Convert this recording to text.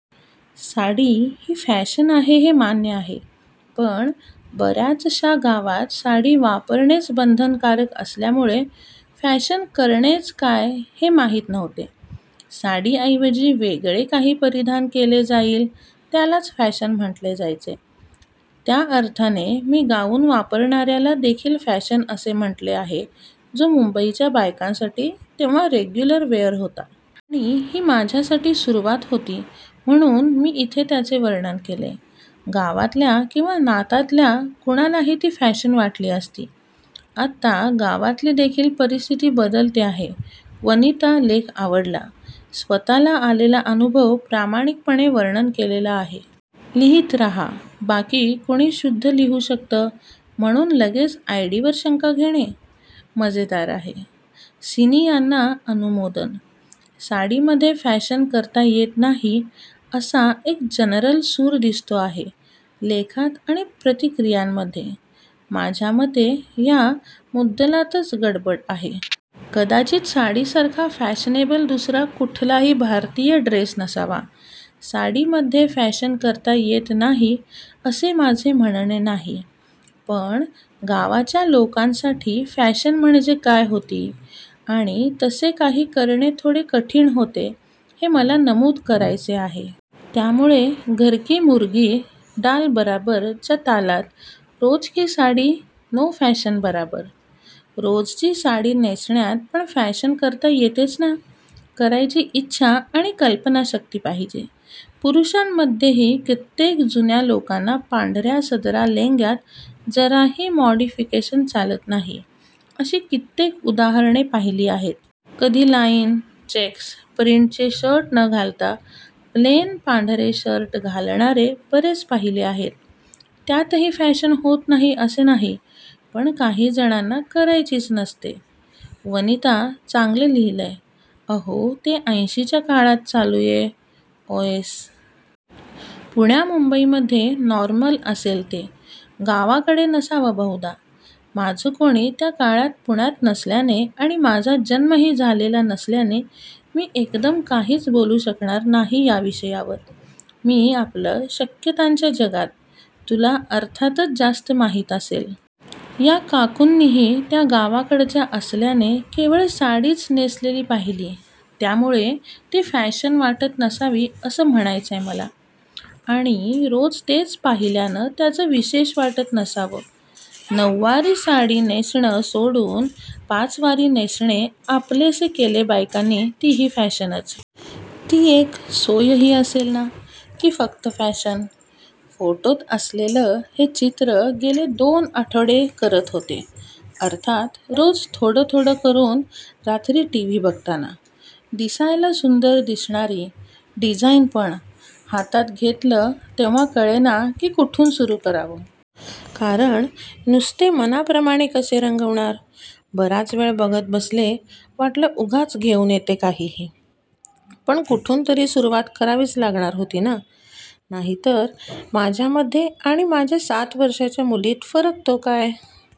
साडी ही फॅशन आहे हे मान्य आहे. पण बऱ्याचशा गावात साडी वापरणेच बंधनकारक असल्यामुळे फॅशन करणेच काय हे माहीत नव्हते. साडी ऐवजी वेगळे काही परिधान केले जाईल त्यालाच फॅशन म्हटले जायचे. त्या अर्थाने मी गाऊन वापरण्याला देखील फॅशन असे म्हटले आहे जो मुंबईच्या बायकांसाठी तेव्हा रेगुलर वेअर होता. आणि ही माझ्यासाठी सुरुवात होती म्हणून मी इथे त्याचे वर्णन केले. गावातल्या किंवा नात्यातल्या कुणालाही ती फॅशन वाटली असती. आत्ता गावातली देखील परिस्थिती बदलते आहे. वनिता, लेख आवडला. स्वतःला आलेला अनुभव प्रामाणिकपणे वर्णन केलेला आहे. लिहीत रहा. बाकी, कुणी शुद्ध लिहू शकतं म्हणून लगेच आयडीवर शंका घेणे? मजेदार आहे. सिनि यांना अनुमोदन. साडीमधे फॅशन करता येत नाही असा एक जनरल सूर दिसतो आहे लेखात आणि प्रतिक्रियांमधे. माझ्या मते ह्या मुद्दलातच गडबड आहे. कदाचित साडीसारखा फॅशनेबल दुसरा कुठलाही भारतीय ड्रेस नसावा. साडीमध्ये फॅशन करता येत नाही असे माझे म्हणणे नाही. पण गावाच्या लोकांसाठी फॅशन म्हणजे काय होती आणि तसे काही करणे थोडे कठीण होते हे मला नमूद करायचे आहे. त्यामुळे घरकी मुर्गी डाल बराबर च्या तालात रोजकी साडी नो फॅशन बराबर. रोजची साडी नेसण्यात पण फॅशन करता येतेच ना. करायची इच्छा आणि कल्पनाशक्ती पाहिजे. पुरुषांमध्येही कित्येक जुन्या लोकांना पांढऱ्या सदरा लेंग्यात जराही मॉडिफिकेशन चालत नाही अशी कित्येक उदाहरणे पाहिली आहेत. कधी लाईन, चेक्स, प्रिंटची शर्टे न घालता प्लेन पांढरे शर्ट घालणारे बरेच पाहिले आहेत. त्यातही फॅशन होत नाही असे नाही, पण काही जणांना करायचीच नसते. वनिता, चांगलं लिहिलंय. अहो ते ऐंशीच्या काळात चालूये ओयेस! पुण्या मुंबईमधे नॉर्मल असेल ते. गावाकडे नसावं बहुधा! माझं कोणी त्या काळात पुण्यात नसल्याने आणि माझा जन्मही झालेला नसल्याने मी एकदम काहीच बोलू शकणार नाही या विषयावर. मी आपलं शक्यतांच्या जगात! तुला अर्थातच जास्त माहीत असेल. या काकूंनीही त्या गावाकडच्या असल्याने केवळ साडीच नेसलेली पाहिली त्यामुळे ती फॅशन वाटत नसावी असं म्हणायचंय मला. आणि रोज तेच पाहिल्याने त्याचं विशेष वाटत नसावं. नऊवारी नेसणे सोडून पाचवारी नेसणे आपलेसे केले बायकांनी ती ही फॅशनच. ती एक सोयही असेल ना? की फक्त फॅशन? फोटोत असलेलं हे चित्र गेले दोन आठवडे करत होते, अर्थात रोज थोडं थोडं करून रात्री टीव्ही बघताना. दिसायला सुंदर दिसणारी डिझाईन पण, हातात घेतलं तेव्हा कळेना की कुठून सुरू करावं. कारण नुसते मनाप्रमाणे कसे रंगवणार? बराच वेळ बघत बसले वाटलं उगाच घेऊन येते काहीही. पण कुठून तरी सुरुवात करावीच लागणार होती ना? नाहीतर माझ्यामध्ये आणि माझ्या सात वर्षाच्या मुलीत फरक तो काय?